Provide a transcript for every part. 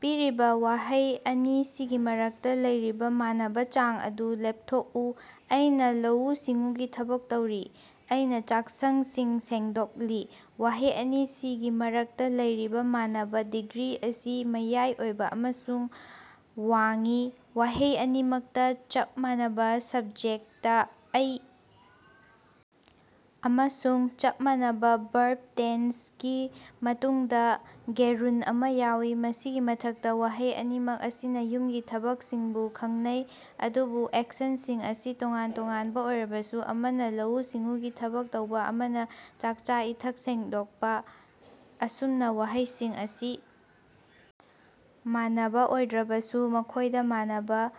ꯄꯤꯔꯤꯕ ꯋꯥꯍꯩ ꯑꯅꯤꯁꯤꯒꯤ ꯃꯔꯛꯇ ꯂꯩꯔꯤꯕ ꯃꯥꯟꯅꯕ ꯆꯥꯡ ꯑꯗꯨ ꯂꯦꯞꯊꯣꯛꯎ꯫ ꯑꯩꯅ ꯂꯧꯎ-ꯁꯤꯡꯎꯒꯤ ꯊꯕꯛ ꯇꯧꯔꯤ꯫ ꯑꯩꯅ ꯆꯥꯛꯁꯡꯁꯤꯡ ꯁꯦꯡꯗꯣꯛꯂꯤ꯫ ꯋꯥꯍꯩ ꯑꯅꯤꯁꯤꯒꯤ ꯃꯔꯛꯇ ꯂꯩꯔꯤꯕ ꯃꯥꯟꯅꯕ ꯗꯤꯒ꯭ꯔꯤ ꯑꯁꯤ ꯃꯌꯥꯏ ꯑꯣꯏꯕ ꯑꯃꯁꯨꯡ ꯋꯥꯡꯏ꯫ ꯋꯥꯍꯩ ꯑꯅꯤꯃꯛꯇ ꯆꯞ ꯃꯥꯟꯅꯕ ꯁꯕꯖꯦꯛꯇ "ꯑꯩ" ꯑꯃꯁꯨꯡ ꯆꯞ ꯃꯥꯟꯅꯕ ꯕꯔꯕ ꯇꯦꯟꯁ ꯒꯤ ꯃꯇꯨꯡꯗ ꯒꯦꯔꯨꯟꯗ ꯑꯃ ꯌꯥꯎꯏ꯫ ꯃꯁꯤꯒꯤ ꯃꯊꯛꯇ ꯋꯥꯍꯩ ꯑꯅꯤꯃꯛ ꯑꯁꯤꯅ ꯌꯨꯝꯒꯤ ꯊꯕꯛꯁꯤꯡꯕꯨ ꯈꯪꯅꯩ, ꯑꯗꯨꯕꯨ ꯑꯦꯛꯁꯟꯁꯤꯡ ꯑꯁꯤ ꯇꯣꯉꯥꯟ-ꯇꯣꯉꯥꯟꯕ ꯑꯣꯏꯔꯕꯁꯨ ꯑꯃꯅ ꯂꯧꯎ-ꯁꯤꯡꯎꯒꯤ ꯊꯕꯛ ꯇꯧꯕ ꯑꯃꯅ ꯆꯥꯛꯆꯥ-ꯏꯊꯛ ꯁꯦꯡꯗꯣꯛꯄ꯫ ꯑꯁꯨꯝꯅ ꯋꯥꯍꯩꯁꯤꯡ ꯑꯁꯤ ꯃꯥꯟꯅꯕ ꯑꯣꯏꯗ꯭ꯔꯕꯁꯨ ꯃꯈꯣꯏꯗ ꯃꯥꯟꯅꯕ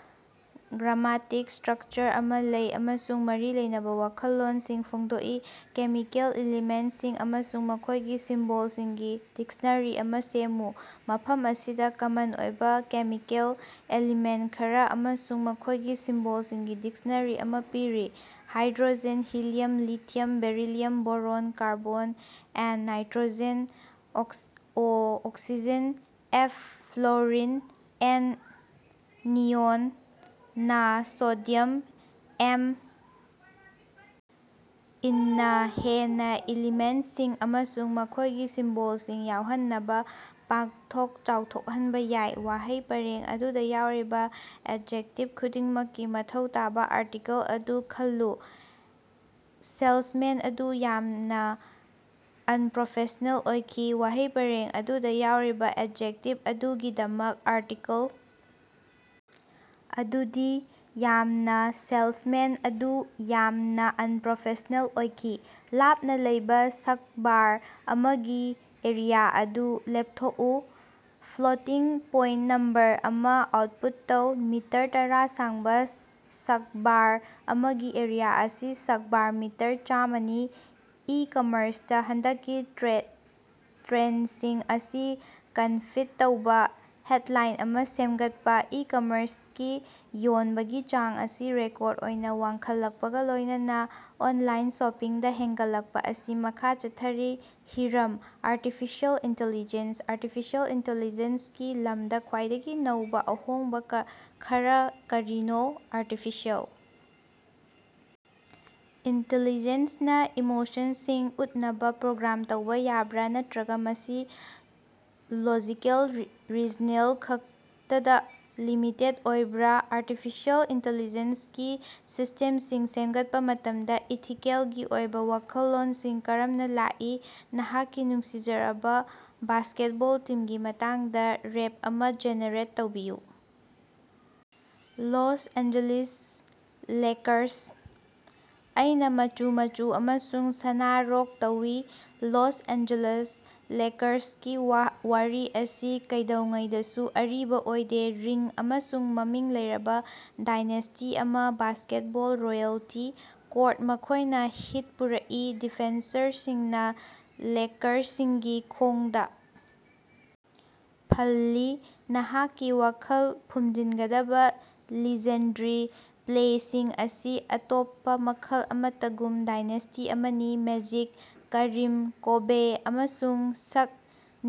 ꯒ꯭ꯔꯥꯃꯇꯤꯛ ꯁ꯭ꯇꯔꯛꯆꯔ ꯑꯃ ꯂꯩ ꯑꯃꯁꯨꯡ ꯃꯔꯤ ꯂꯩꯅꯕ ꯋꯥꯈꯜꯂꯣꯟꯁꯤꯡ ꯐꯣꯡꯗꯣꯛꯏ꯫ ꯀꯦꯃꯤꯀꯦꯜ ꯏꯂꯤꯃꯦꯟꯇꯁꯤꯡ ꯑꯃꯁꯨꯡ ꯃꯈꯣꯏꯒꯤ ꯁꯤꯝꯕꯣꯜꯁꯤꯡꯒꯤ ꯗꯤꯛꯁꯅꯥꯔꯤ ꯑꯃ ꯁꯦꯝꯃꯨ꯫ ꯃꯐꯝ ꯑꯁꯤꯗ ꯀꯃꯟ ꯑꯣꯏꯕ ꯀꯦꯃꯤꯀꯦꯜ ꯑꯦꯂꯤꯃꯦꯟꯇ ꯈꯔ ꯑꯃꯁꯨꯡ ꯃꯈꯣꯏꯒꯤ ꯁꯤꯝꯕꯣꯜꯁꯤꯡꯒꯤ ꯗꯤꯛꯁꯅꯥꯔꯤ ꯑꯃ ꯄꯤꯔꯤ: 'hydrogen', 'helium', 'lithium', 'beryllium', 'boron', 'carbon', 'N': 'nitrogen', 'O': 'oxygen', 'F': 'fluorine', 'Ne': 'neon', 'Na': 'sodium', 'M. ꯏꯟꯅ ꯍꯦꯟꯅ ꯏꯂꯤꯃꯦꯟꯇꯁꯤꯡ ꯑꯃꯁꯨꯡ ꯃꯈꯣꯏꯒꯤ ꯁꯤꯝꯕꯣꯜꯁꯤꯡ ꯌꯥꯎꯍꯟꯅꯕ ꯄꯥꯛꯊꯣꯛ ꯆꯥꯎꯊꯣꯛꯍꯟꯕ ꯌꯥꯏ꯫ ꯋꯥꯍꯩ ꯄꯔꯦꯡ ꯑꯗꯨꯗ ꯌꯥꯎꯔꯤꯕ ꯑꯦꯖꯦꯛꯇꯤꯚ ꯈꯨꯗꯤꯡꯃꯛꯀꯤ ꯃꯊꯧ ꯇꯥꯕ ꯑꯥꯔꯇꯤꯀꯜ ꯑꯗꯨ ꯈꯜꯂꯨ: ꯁꯦꯜꯁꯃꯦꯟ ꯑꯗꯨ ꯌꯥꯝꯅ ꯑꯟꯄ꯭ꯔꯣꯐꯦꯁ꯭ꯅꯦꯜ ꯑꯣꯏꯈꯤ꯫ ꯋꯥꯍꯩ ꯄꯔꯦꯡ ꯑꯗꯨꯗ ꯌꯥꯎꯔꯤꯕ ꯑꯦꯖꯦꯛꯇꯤꯚ ꯑꯗꯨꯒꯤꯗꯃꯛ ꯑꯥꯔꯇꯤꯀꯜ ꯑꯗꯨꯗꯤ: "ꯌꯥꯝꯅ" ꯁꯦꯜꯁꯃꯦꯟ ꯑꯗꯨ ꯌꯥꯝꯅ ꯑꯟꯄ꯭ꯔꯣꯐꯦꯁ꯭ꯅꯦꯜ ꯑꯣꯏꯈꯤ꯫ ꯂꯥꯞꯅ ꯂꯩꯕ ꯁꯛꯕꯥꯔ ꯑꯃꯒꯤ ꯑꯦꯔꯤꯌꯥ ꯑꯗꯨ ꯂꯦꯞꯊꯣꯛꯎ꯫ ꯐ꯭ꯂꯣꯇꯤꯡ ꯄꯣꯏꯟꯇ ꯅꯝꯕꯔ ꯑꯃ ꯑꯥꯎꯇꯄꯨꯠ ꯇꯧ꯫ ꯃꯤꯇꯔ ꯇꯔꯥ ꯁꯥꯡꯕ ꯁꯛꯕꯥꯔ ꯑꯃꯒꯤ ꯑꯦꯔꯤꯌꯥ ꯑꯁꯤ ꯁꯛꯕꯥꯔ ꯃꯤꯇꯔ ꯆꯥꯝꯃꯅꯤ꯫ ꯏ-ꯀꯝꯃꯔꯁꯇ ꯍꯟꯗꯛꯀꯤ ꯇ꯭ꯔꯦꯟꯗꯁꯤꯡ ꯑꯁꯤ ꯀꯟꯐꯤꯗ ꯇꯧꯕ ꯍꯦꯗꯂꯥꯏꯟ ꯑꯃ ꯁꯦꯝꯒꯠꯄ꯫ ꯏ-ꯀꯃꯔꯁꯀꯤ ꯌꯣꯟꯕꯒꯤ ꯆꯥꯡ ꯑꯁꯤ ꯔꯦꯀꯣꯔꯗ ꯑꯣꯏꯅ ꯋꯥꯡꯈꯠꯂꯛꯄꯒ ꯂꯣꯏꯅꯅ ꯑꯣꯟꯂꯥꯏꯟ ꯁꯣꯄꯤꯡꯗ ꯍꯦꯟꯒꯠꯂꯛꯄ ꯑꯁꯤ ꯃꯈꯥ ꯆꯠꯊꯔꯤ꯫ ꯍꯤꯔꯝ: ꯑꯥꯔꯇꯤꯐꯤꯁꯤꯑꯦꯜ ꯏꯟꯇꯦꯂꯤꯖꯦꯟꯁ꯫ ꯑꯥꯔꯇꯤꯐꯤꯁꯤꯑꯦꯜ ꯏꯟꯇꯦꯂꯤꯖꯦꯟꯁꯀꯤ ꯂꯝꯗ ꯈ꯭ꯋꯥꯏꯗꯒꯤ ꯅꯧꯕ ꯑꯍꯣꯡꯕ ꯈꯔ ꯀꯔꯤꯅꯣ? ꯑꯥꯔꯇꯤꯐꯤꯁꯤꯑꯦꯜ ꯏꯟꯇꯦꯂꯤꯖꯦꯟꯁ ꯅ ꯏꯃꯣꯁꯟꯁꯤꯡ ꯎꯠꯅꯕ ꯄ꯭ꯔꯣꯒ꯭ꯔꯥꯝ ꯇꯧꯕ ꯌꯥꯕꯔ ꯅꯠꯇ꯭ꯔꯒ ꯃꯁꯤ ꯂꯣꯖꯤꯀꯦꯜ ꯔꯤꯖꯅꯦꯜ ꯈꯛꯇꯗ ꯂꯤꯃꯤꯇꯦꯗ ꯑꯣꯏꯕꯔꯥ? ꯑꯥꯔꯇꯤꯐꯤꯁꯤꯑꯦꯜ ꯏꯟꯇꯦꯂꯤꯖꯦꯟꯁꯒꯤ ꯁꯤꯁꯇꯦꯝꯁꯤꯡ ꯁꯦꯝꯒꯠꯄ ꯃꯇꯝꯗ ꯏꯊꯤꯀꯦꯜꯒꯤ ꯑꯣꯏꯕ ꯋꯥꯈꯜꯂꯣꯟꯁꯤꯡ ꯀꯔꯝꯅ ꯂꯥꯛꯏ? ꯅꯍꯥꯛꯀꯤ ꯅꯨꯡꯁꯤꯖꯔꯕ ꯕꯥꯁꯀꯦꯠꯕꯣꯜ ꯇꯤꯝꯒꯤ ꯃꯇꯥꯡꯗ ꯔꯦꯞ ꯑꯃ ꯖꯦꯅꯦꯔꯦꯠ ꯇꯧꯕꯤꯌꯨ꯫ Los Angeles Lakers. ꯑꯩꯅ ꯃꯆꯨ ꯃꯆꯨ ꯑꯃꯁꯨꯡ ꯁꯅꯥ ꯔꯣꯛ ꯇꯧꯏ, ꯂꯣꯁ ꯑꯦꯟꯖꯦꯂꯦꯁ ꯂꯦꯀꯔꯁꯀꯤ ꯋꯥꯔꯤ ꯑꯁꯤ ꯀꯩꯗꯧꯉꯩꯗꯁꯨ ꯑꯔꯤꯕ ꯑꯣꯏꯗꯦ, ꯔꯤꯡ ꯑꯃꯁꯨꯡ ꯃꯃꯤꯡ ꯂꯩꯔꯕ ꯗꯥꯏꯅꯦꯁꯇꯤ ꯑꯃ ꯕꯥꯁꯀꯦꯠꯕꯣꯜ ꯔꯣꯌꯦꯜꯇꯤ꯫ ꯀꯣꯔꯠꯇ ꯃꯈꯣꯏꯅ ꯍꯤꯠ ꯄꯨꯔꯛꯏ, ꯗꯤꯐꯦꯟꯁꯔꯁꯤꯡꯅ ꯂꯦꯀꯔꯁꯤꯡꯒꯤ ꯈꯣꯡꯗ ꯐꯜꯂꯤ, ꯅꯍꯥꯛꯀꯤ ꯋꯥꯈꯜ ꯐꯨꯝꯖꯤꯟꯒꯗꯕ ꯂꯤꯖꯦꯟꯗꯔꯤ ꯄ꯭ꯂꯦꯁꯤꯡ ꯃꯁꯤ ꯑꯇꯣꯞꯄ ꯃꯈꯜ ꯑꯃꯠꯇꯒꯨꯝꯕ ꯗꯥꯏꯅꯦꯁ꯭ꯇꯤ ꯑꯃꯅꯤ꯫ ꯃꯦꯖꯤꯛ, ꯀꯔꯤꯝ, ꯀꯣꯕꯦ, ꯑꯃꯁꯨꯡ ꯁꯛ,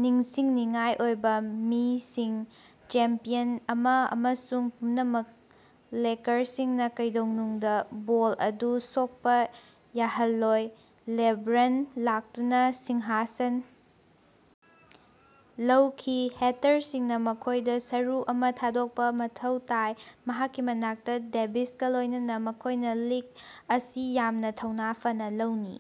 ꯅꯤꯡꯁꯤꯡꯅꯤꯡꯉꯥꯏ ꯑꯣꯏꯕ ꯃꯤꯡꯁꯤꯡ, ꯆꯦꯝꯄꯤꯌꯟ ꯑꯃ ꯑꯃꯁꯨꯡ ꯄꯨꯝꯅꯃꯛ ꯂꯦꯀꯔꯁꯤꯡꯅ ꯀꯩꯗꯧꯅꯨꯡꯗ ꯕꯣꯜ ꯑꯗꯨ ꯁꯣꯛꯄ ꯌꯥꯍꯜꯂꯣꯏ꯫ ꯂꯦꯕ꯭ꯔꯟꯅ ꯂꯥꯛꯇꯨꯅ ꯁꯤꯡꯍꯥꯁꯟ ꯂꯧꯈꯤ, ꯍꯦꯇꯔꯁꯤꯡꯅ ꯃꯈꯣꯏꯗ ꯁꯔꯨ ꯑꯃ ꯊꯥꯗꯣꯛꯄ ꯃꯊꯧ ꯇꯥꯏ, ꯃꯍꯥꯛꯀꯤ ꯃꯅꯥꯛꯇ ꯗꯦꯕꯤꯁꯀ ꯂꯣꯏꯅꯅ ꯃꯈꯣꯏꯅ ꯂꯤꯒ ꯑꯁꯤ ꯌꯥꯝꯅ ꯊꯧꯅꯥ ꯐꯅ ꯂꯧꯅꯤ꯫